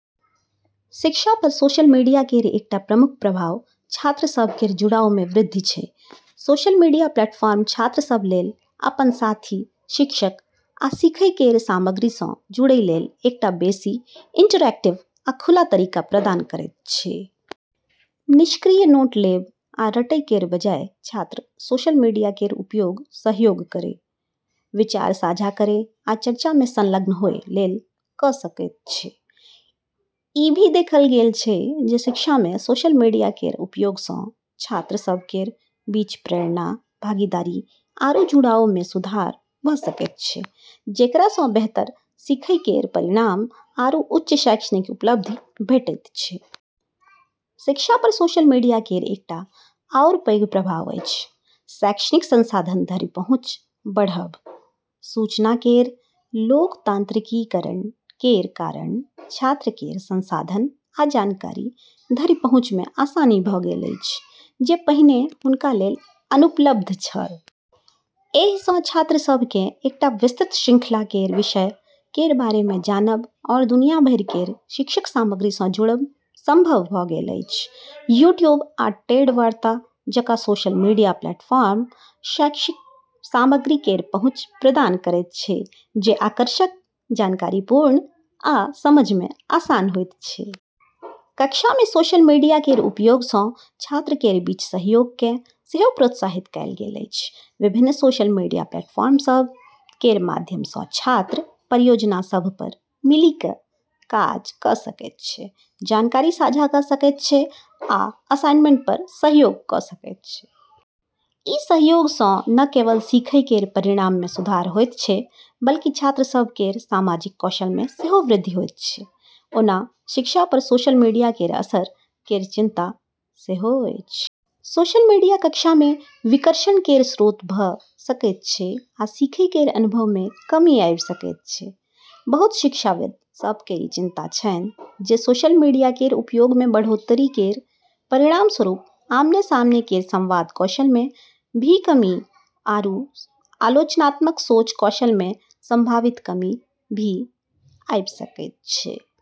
शिक्षा पर social media केर एकटा प्रमुख प्रभाव छात्र सभ केर जुड़ाव मे वृद्धि छै। सोशल मीडिया प्लेटफॉर्म छात्र सभ लेल अपन साथी, शिक्षक आ सीखै केर सामग्री सँ जुड़ै लेल एकटा बेसी इंटरैक्टिव आ खुला तरीका प्रदान करैत छै। निष्क्रिय नोट लेब आ रटै केर बजाय छात्र सोशल मीडिया केर उपयोग सहयोग करै, विचार साझा करै आ चर्चा मे संलग्न होए लेल कऽ सकैत छै। ई भी देखल गेल छै जे शिक्षा मे सोशल मीडिया केर उपयोग सँ छात्र सभ केर बीच प्रेरणा, भागीदारी आरू जुड़ाव मे सुधार भऽ सकैत छै, जेकरा सँ बेहतर सीखै केर परिणाम आरू उच्च शैक्षणिक उपलब्धि भेटैत छै। शिक्षा पर सोशल मीडिया केर एकटा आओर पैघ प्रभाव अछि शैक्षणिक संसाधन धरि पहुँच बढ़ब। सूचना केर लोकतांत्रिकीकरण केर कारण छात्र केर संसाधन आ जानकारी धरि पहुँच मे आसानी भऽ गेल अछि जे पहिने हुनका लेल अनुपलब्ध छल। एहि सँ छात्र सभ केँ एकटा विस्तृत श्रृंखला केर विषय केर बारे मे जानब आओर दुनिया भरि केर शैक्षिक सामग्री सँ जुड़ब संभव भऽ गेल अछि। यूट्यूब आ टेड वार्ता जकाँ सोशल मीडिया प्लेटफॉर्म शैक्षिक सामग्री केर पहुँच प्रदान करैत छै जे आकर्षक, जानकारीपूर्ण आ समझ मे आसान होइत छै। कक्षा मे सोशल मीडिया केर उपयोग सँ छात्र केर बीच सहयोग केँ सेहो प्रोत्साहित कएल गेल अछि। विभिन्न सोशल मीडिया प्लेटफॉर्म सभ केर माध्यम सँ छात्र परियोजना सभ पर मिलि कऽ काज कऽ सकैत छै, जानकारी साझा कऽ सकैत छै आ असाइनमेंट पर सहयोग कऽ सकैत छै। ई सहयोग सँ न केवल सीखै केर परिणाम मे सुधार होइत छै बल्कि छात्र सभ केर सामाजिक कौशल मे सेहो वृद्धि होइत छै। ओना शिक्षा पर सोशल मीडिया केर असर केर चिंता सेहो अछि। सोशल मीडिया कक्षा मे विकर्षण केर स्रोत भऽ सकैत छै आ सीखै केर अनुभव मे कमी आबि सकैत छै। बहुत शिक्षाविद सभ केँ ई चिंता छै जे सोशल मीडिया केर उपयोग मे बढ़ोत्तरी केर परिणामस्वरूप आमने-सामने केर संवाद कौशल मे भी कमी आरू आलोचनात्मक सोच कौशल मे संभावित कमी भी आबि सकैत छै।